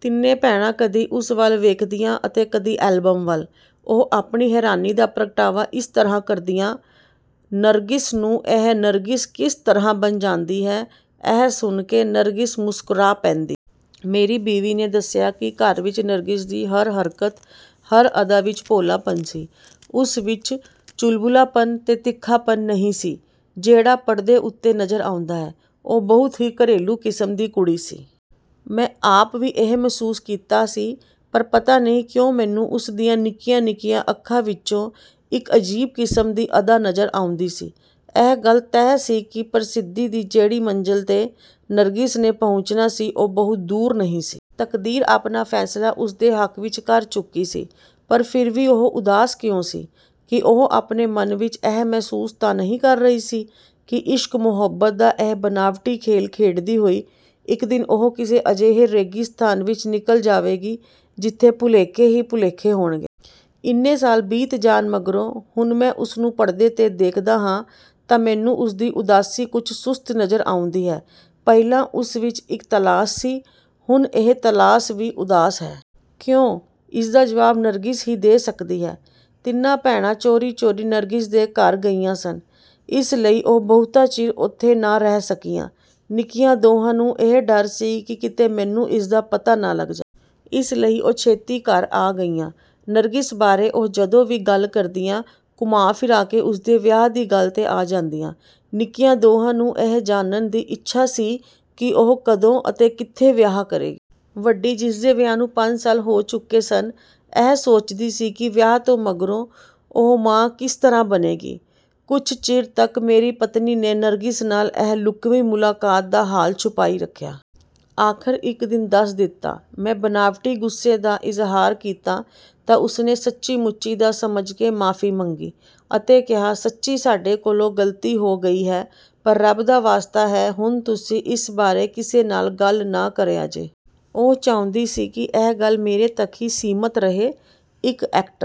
ਤਿੰਨੇ ਭੈਣਾਂ ਕਦੀ ਉਸ ਵੱਲ ਵੇਖਦੀਆਂ ਅਤੇ ਕਦੀ ਐਲਬਮ ਵੱਲ। ਉਹ ਆਪਣੀ ਹੈਰਾਨੀ ਦਾ ਪ੍ਰਗਟਾਵਾ ਇਸ ਤਰ੍ਹਾਂ ਕਰਦੀਆਂ "ਨਰਗਿਸ ਨੂੰ ਇਹ ਨਰਗਿਸ ਕਿਸ ਤਰ੍ਹਾਂ ਬਣ ਜਾਂਦੀ ਹੈ?" ਇਹ ਸੁਣ ਕੇ ਨਰਗਿਸ ਮੁਸਕਰਾ ਪੈਂਦੀ। ਮੇਰੀ ਬੀਵੀ ਨੇ ਦੱਸਿਆ ਕਿ ਘਰ ਵਿੱਚ ਨਰਗਿਸ ਦੀ ਹਰ ਹਰਕਤ ਹਰ ਅਦਾ ਵਿੱਚ ਭੋਲਾਪਨ ਸੀ। ਉਸ ਵਿੱਚ ਚੁਲਬੁਲਾਪਨ ਤੇ ਤਿੱਖਾਪਣ ਨਹੀਂ ਸੀ ਜਿਹੜਾ ਪਰਦੇ ਉੱਤੇ ਨਜ਼ਰ ਆਉਂਦਾ ਹੈ। ਉਹ ਬਹੁਤ ਹੀ ਘਰੇਲੂ ਕਿਸਮ ਦੀ ਕੁੜੀ ਸੀ। ਮੈਂ ਆਪ ਵੀ ਇਹੋ ਮਹਿਸੂਸ ਕੀਤਾ ਸੀ ਪਰ ਪਤਾ ਨਹੀਂ ਕਿਉਂ ਮੈਨੂੰ ਉਸ ਦੀਆਂ ਨਿੱਕੀਆਂ ਨਿੱਕੀਆਂ ਅੱਖਾਂ ਵਿੱਚੋਂ ਇੱਕ ਅਜੀਬ ਕਿਸਮ ਦੀ ਅਦਾ ਨਜ਼ਰ ਆਉਂਦੀ ਸੀ। ਇਹ ਗੱਲ ਤੈਅ ਸੀ ਕਿ ਪ੍ਰਸਿੱਧੀ ਦੀ ਜਿਹੜੀ ਮੰਜ਼ਲ ਤੇ ਨਰਗਿਸ ਨੇ ਪਹੁੰਚਣਾ ਸੀ ਉਹ ਬਹੁਤ ਦੂਰ ਨਹੀਂ ਸੀ। ਤਕਦੀਰ ਆਪਣਾ ਫੈਸਲਾ ਉਸਦੇ ਹੱਕ ਵਿੱਚ ਕਰ ਚੁੱਕੀ ਸੀ ਪਰ ਫਿਰ ਵੀ ਉਹ ਉਦਾਸ ਕਿਉਂ ਸੀ? ਕੀ ਉਹ ਆਪਣੇ ਮਨ ਵਿੱਚ ਇਹ ਮਹਿਸੂਸ ਤਾਂ ਨਹੀਂ ਕਰ ਰਹੀ ਸੀ ਕਿ ਇਸ਼ਕ-ਮੁਹੱਬਤ ਦਾ ਇਹ ਬਨਾਵਟੀ ਖੇਲ ਖੇਡਦੀ ਹੋਈ ਇੱਕ ਦਿਨ ਉਹ ਕਿਸੇ ਅਜਿਹੇ ਰੇਗਿਸਤਾਨ ਵਿੱਚ ਨਿਕਲ ਜਾਵੇਗੀ ਜਿੱਥੇ ਭੁਲੇਖੇ ਹੀ ਭੁਲੇਖੇ ਹੋਣਗੇ। ਇੰਨੇ ਸਾਲ ਬੀਤ ਜਾਣ ਮਗਰੋਂ ਹੁਣ ਮੈਂ ਉਸ ਨੂੰ ਪਰਦੇ ਤੇ ਦੇਖਦਾ ਹਾਂ ਤਾਂ ਮੈਨੂੰ ਉਸਦੀ ਉਦਾਸੀ ਕੁਝ ਸੁਸਤ ਨਜ਼ਰ ਆਉਂਦੀ ਹੈ। ਪਹਿਲਾਂ ਉਸ ਵਿੱਚ ਇੱਕ ਤਲਾਸ਼ ਸੀ। ਹੁਣ ਇਹ ਤਲਾਸ਼ ਵੀ ਉਦਾਸ ਹੈ। ਕਿਉਂ? ਇਸਦਾ ਜਵਾਬ ਨਰਗਿਸ ਹੀ ਦੇ ਸਕਦੀ ਹੈ। ਤਿੰਨੇ ਭੈਣਾਂ ਚੋਰੀ ਚੋਰੀ ਨਰਗਿਸ ਦੇ ਘਰ ਗਈਆਂ ਸਨ। ਇਸ ਲਈ ਉਹ ਬਹੁਤਾ ਚਿਰ ਉਥੇ ਨਾ ਰਹਿ ਸਕੀਆਂ। ਨਿੱਕੀਆਂ ਦੋਹਾਂ ਨੂੰ ਇਹ ਡਰ ਸੀ ਕਿ ਕਿਤੇ ਮੈਨੂੰ ਇਸ ਦਾ ਪਤਾ ਨਾ ਲੱਗ ਜਾਏ। ਇਸ ਲਈ ਉਹ ਛੇਤੀ ਘਰ ਆ ਗਈਆਂ। ਨਰਗਿਸ ਬਾਰੇ ਉਹ ਜਦੋਂ ਵੀ ਗੱਲ ਕਰਦੀਆਂ ਘੁੰਮਾ ਫਿਰਾ ਕੇ ਉਸ ਦੇ ਵਿਆਹ ਦੀ ਗੱਲ ਤੇ ਆ ਜਾਂਦੀਆਂ। ਨਿੱਕੀਆਂ ਦੋਹਾਂ ਨੂੰ ਇਹ ਜਾਣਨ ਦੀ ਇੱਛਾ ਸੀ ਕਿ ਉਹ ਕਦੋਂ ਅਤੇ ਕਿੱਥੇ ਵਿਆਹ ਕਰੇਗੀ? ਵੱਡੀ ਜਿਸ ਦੇ ਵਿਆਹ ਨੂੰ ਪੰਜ ਸਾਲ ਹੋ ਚੁੱਕੇ ਸਨ ਇਹ ਸੋਚਦੀ ਸੀ ਕਿ ਵਿਆਹ ਤੋਂ ਮਗਰੋਂ ਉਹ ਮਾਂ ਕਿਸ ਤਰ੍ਹਾਂ ਬਣੇਗੀ। ਕੁਝ ਚਿਰ ਤੱਕ ਮੇਰੀ ਪਤਨੀ ਨੇ ਨਰਗਿਸ ਨਾਲ ਇਸ ਲੁਕਵੀਂ ਮੁਲਾਕਾਤ ਦਾ ਹਾਲ ਛੁਪਾਈ ਰੱਖਿਆ। ਆਖਰ ਇੱਕ ਦਿਨ ਦੱਸ ਦਿੱਤਾ। ਮੈਂ ਬਨਾਵਟੀ ਗੁੱਸੇ ਦਾ ਇਜ਼ਹਾਰ ਕੀਤਾ ਤਾਂ ਉਸ ਨੇ ਸੱਚੀ-ਮੁੱਚੀ ਦਾ ਸਮਝ ਕੇ ਮਾਫ਼ੀ ਮੰਗੀ ਅਤੇ ਕਿਹਾ "ਸੱਚੀਂ ਸਾਡੇ ਕੋਲੋਂ ਗਲਤੀ ਹੋ ਗਈ ਪਰ ਰੱਬ ਦਾ ਵਾਸਤਾ ਜੇ ਹੁਣ ਤੁਸੀਂ ਇਸ ਬਾਰੇ ਕਿਸੇ ਨਾਲ ਗੱਲ ਨਾ ਕਰਿਆ ਜੇ।" ਉਹ ਚਾਹੁੰਦੀ ਸੀ ਕਿ ਇਹ ਗੱਲ ਮੇਰੇ ਤੱਕ ਹੀ ਸੀਮਤ ਰਹੇ। ਇੱਕ ਐਕਟਰ